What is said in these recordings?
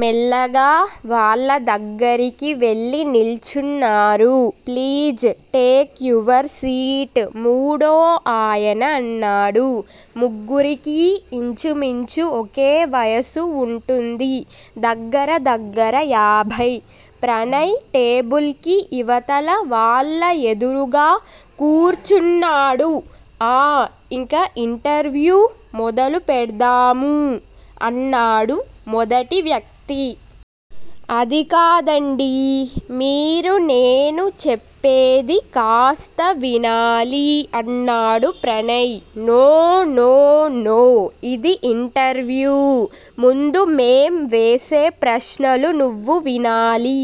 మెల్లగా వాళ్ళ దగ్గరికి వెళ్ళి నిల్చున్నారు. ప్లీజ్! టేక్ యువర్ సీట్ మూడో ఆయన అన్నాడు. ముగ్గురికీ ఇంచుమించు ఒకే వయసు వుంటుంది. దగ్గర దగ్గర యాభై! ప్రణయ్ టేబుల్ కి ఇవతల, వాళ్ళ ఎదురుగా కూర్చున్నాడు. ఆ ఇంక ఇంటర్వ్యూ మొదలుపెడ్తాము అన్నాడు మొదటి వ్యక్తి. అది కాదండీ మీరు నేను చెప్పేది కాస్త వినాలి అన్నాడు ప్రణయ్. నో! నో! నో! ఇది ఇంటర్వ్యూ ముందు మేం వేసే ప్రశ్నలు నువ్వు వినాలి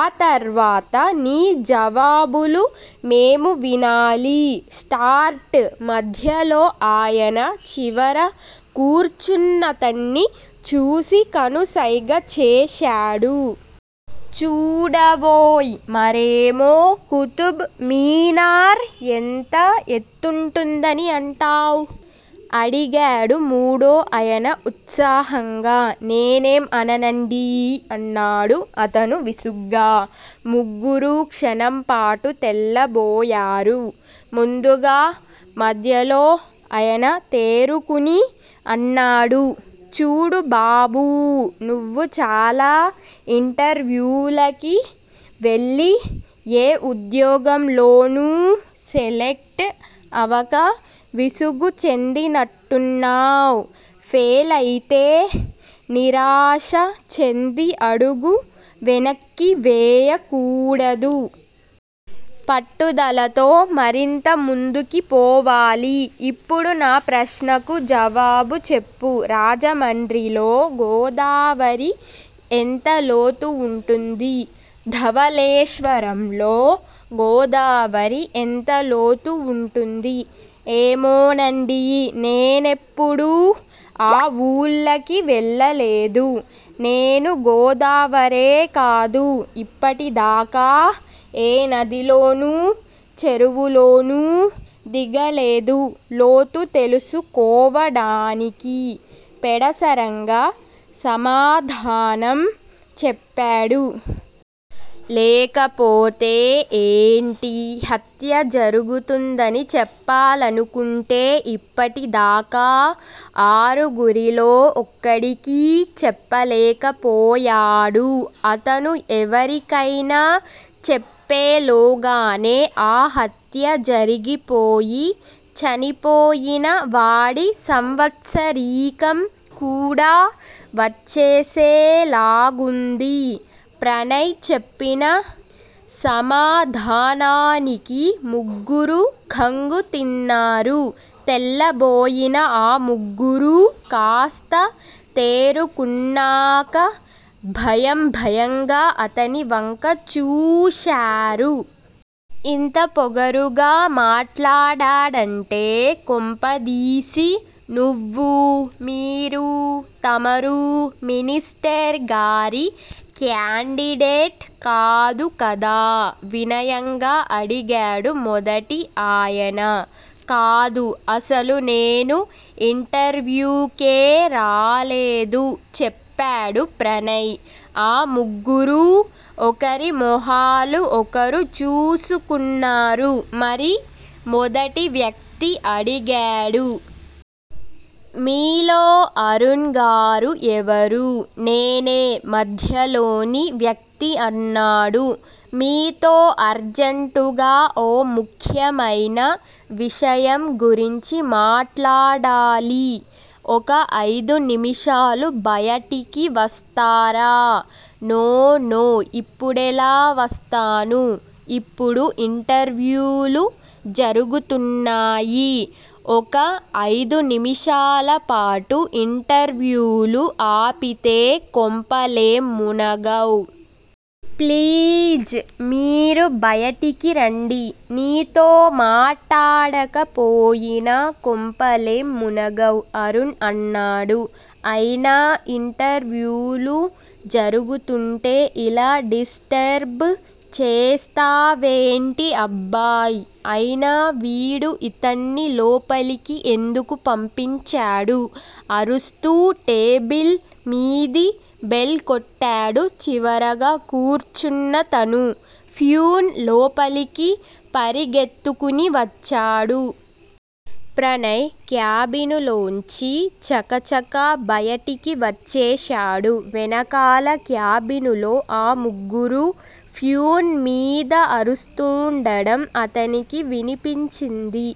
ఆ తర్వాత నీ జవాబులు మేము వినాలి. స్టార్ట్ మధ్యలో ఆయన చివర కూర్చున్నతన్ని చూసి కనుసైగ చేశాడు. చూడవోయ్! మరేమో కుతుబ్ మీనార్ ఎంత ఎత్తుంటుందని అంటావ్? అడిగాడు మూడో అయన ఉత్సాహంగా. నేనేం అననండీ అన్నాడు అతను విసుగ్గా. ముగ్గురూ క్షణంపాటు తెల్లబోయారు. ముందుగా మద్యలో అయన తేరుకుని అన్నాడు చూడు బాబూ! నువ్వు చాలా ఇంటర్వ్యూలకి వెళ్ళి ఏ ఉద్యోగం లోనూ సెలెక్ట్ అవక విసుగు చెందినట్టున్నావ్, ఫెయిలయితే నిరాశ చెంది అడుగు వెనక్కి వేయకూడదు. పట్టుదలతో మరింత ముందుకి పోవాలి. ఇప్పుడు నా ప్రశ్నకు జవాబు చెప్పు. రాజమండ్రిలో గోదావరి ఎంత లోతు వుంటుంది? ధవళేశ్వరంలో గోదావరి ఎంత లోతు వుంటుంది? ఏమోనండీ నేనెప్పుడూ ఆ వూళ్ళకి వెళ్ళలేదు. నేను గోదావరే కాదు ఇప్పటిదాకా ఏ నదిలోనూ, చెరువులోనూ దిగలేదు లోతు తెలుసు కోవడానికి పెడసరంగా సమాధానం చెప్పాడు. లేకపోతే ఏంటి? హత్య జరుగుతుందని చెప్పాలనుకుంటే ఇప్పటి దాకా ఆరుగురిలో ఒక్కడికీ చెప్పలేకపోయాడు, అతను ఎవరికయినా చెప్పెలోగానే ఆ హత్య జరిగిపోయి, చనిపోయిన వాడి సంవత్సరీకం కూడా వచ్చేసేలాగుంది. ప్రణయ్ చెప్పిన సమాధానానికి ముగ్గురూ ఖంగుతిన్నారు. తెల్లబోయిన ఆ ముగ్గురూ కాస్త తేరుకున్నాక భయం భయంగా అతనివంక చూశారు. ఇంత పొగరుగా మాట్లాడాడంటే కొంపదీసి నువ్వూ మీరూ తమరూ మినిస్టర్ గారి క్యాండిడేట్ కాదు కదా? వినయంగా అడిగాడు మొదటి ఆయన. కాదు అసలు నేను ఇంటర్వ్యూకే రాలేదు చెప్పాడు ప్రణయ్. ఆ ముగ్గురూ ఒకరి మొహాలు ఒకరు చూసుకున్నారు. మరి? మొదటి వ్యక్తి అడిగాడు. మీలో అరుణ్ గారు ఎవరు? నేనే మధ్యలోని వ్యక్తి అన్నాడు. మీతో అర్జెంటుగా ఓ ముఖ్యమైన విషయం గురించి మాట్లాడాలి. ఒక అయిదు నిమిషాలు బయటికి వస్తారా? నో! నో! ఇప్పుడెలా వస్తాను? ఇప్పుడు ఇంటర్వ్యూలు జరుగుతున్నాయి. ఒక అయిదు నిమిషాలపాటు ఇంటర్వ్యూలు ఆపితే కొంపలేంమునగవ్. ప్లీజ్! మీరు బయటికిరండి. నీతో మాటాడకపోయినా కొంపలేం మునగవ్ అరుణ్ అన్నాడు. అయినా ఇంటర్వ్యూలు జరుగుతుంటే ఇలా డిస్టర్బ్ చేస్తావేంటి అబ్బాయ్? అయినా వీడు ఇతన్ని లోపలికి ఎందుకు పంపించాడు? అరుస్తూ టేబిల్ మీది బెల్ కొట్టాడు చివరగా కూర్చున్నతను. ఫ్యూన్ లోపలికి పరిగెత్తుకుని వచ్చాడు. ప్రణయ్ క్యాబినులోంచి చకచకా బయటికి వచ్చేశాడు. వెనకాల క్యాబినులో ఆ ముగ్గురూ ఫ్యూన్ మీద అరుస్తూండడం అతనికి వినిపించింది.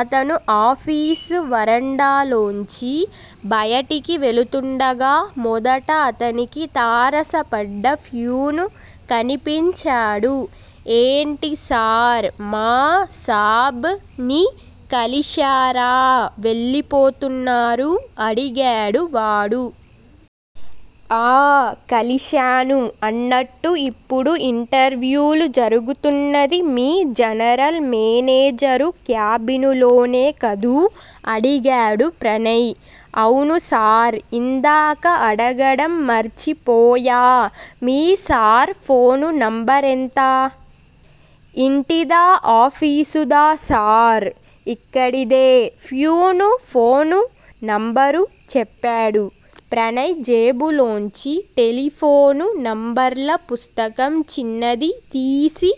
అతను ఆఫీసు వరండాలోంచి బయటికి వెళుతుండగా మొదట అతనికి తారసపడ్డ ఫ్యూను కనిపించాడు. ఏంటి సార్? మా సాబ్ ని కలిశారా? వెళ్ళిపోతున్నారు అడిగాడు వాడు. ఆ కలిశాను. అన్నట్టు ఇప్పుడు ఇంటర్వ్యూలు జరుగుతున్నది. మీ జనరల్ మేనేజరు క్యాబినులోనే కదూ? అడిగాడు ప్రణయ్. అవును సార్! ఇందాక అడగడం మర్చిపోయా మీ సార్ ఫోను నంబరెంత? ఇంటిదా, ఆఫీసుదా సార్? ఇక్కడిదే. ఫ్యూను ఫోను నంబరు చెప్పాడు. ప్రణయ్ జేబులోంచి టెలిఫోను నంబర్ల పుస్తకం చిన్నది తీసి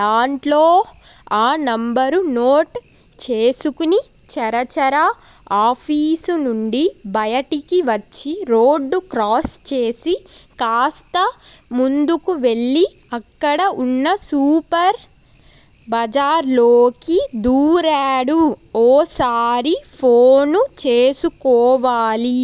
దాంట్లో ఆ నంబరు నోట్ చేసుకుని చరచరా ఆఫీసునుండి బయటికివచ్చి రోడ్డు క్రాస్ చేసి, కాస్త ముందుకు వెళ్ళి అక్కడ వున్న సూపర్ బజార్లోకి దూరాడు. ఓసారి ఫోను చేసుకోవాలి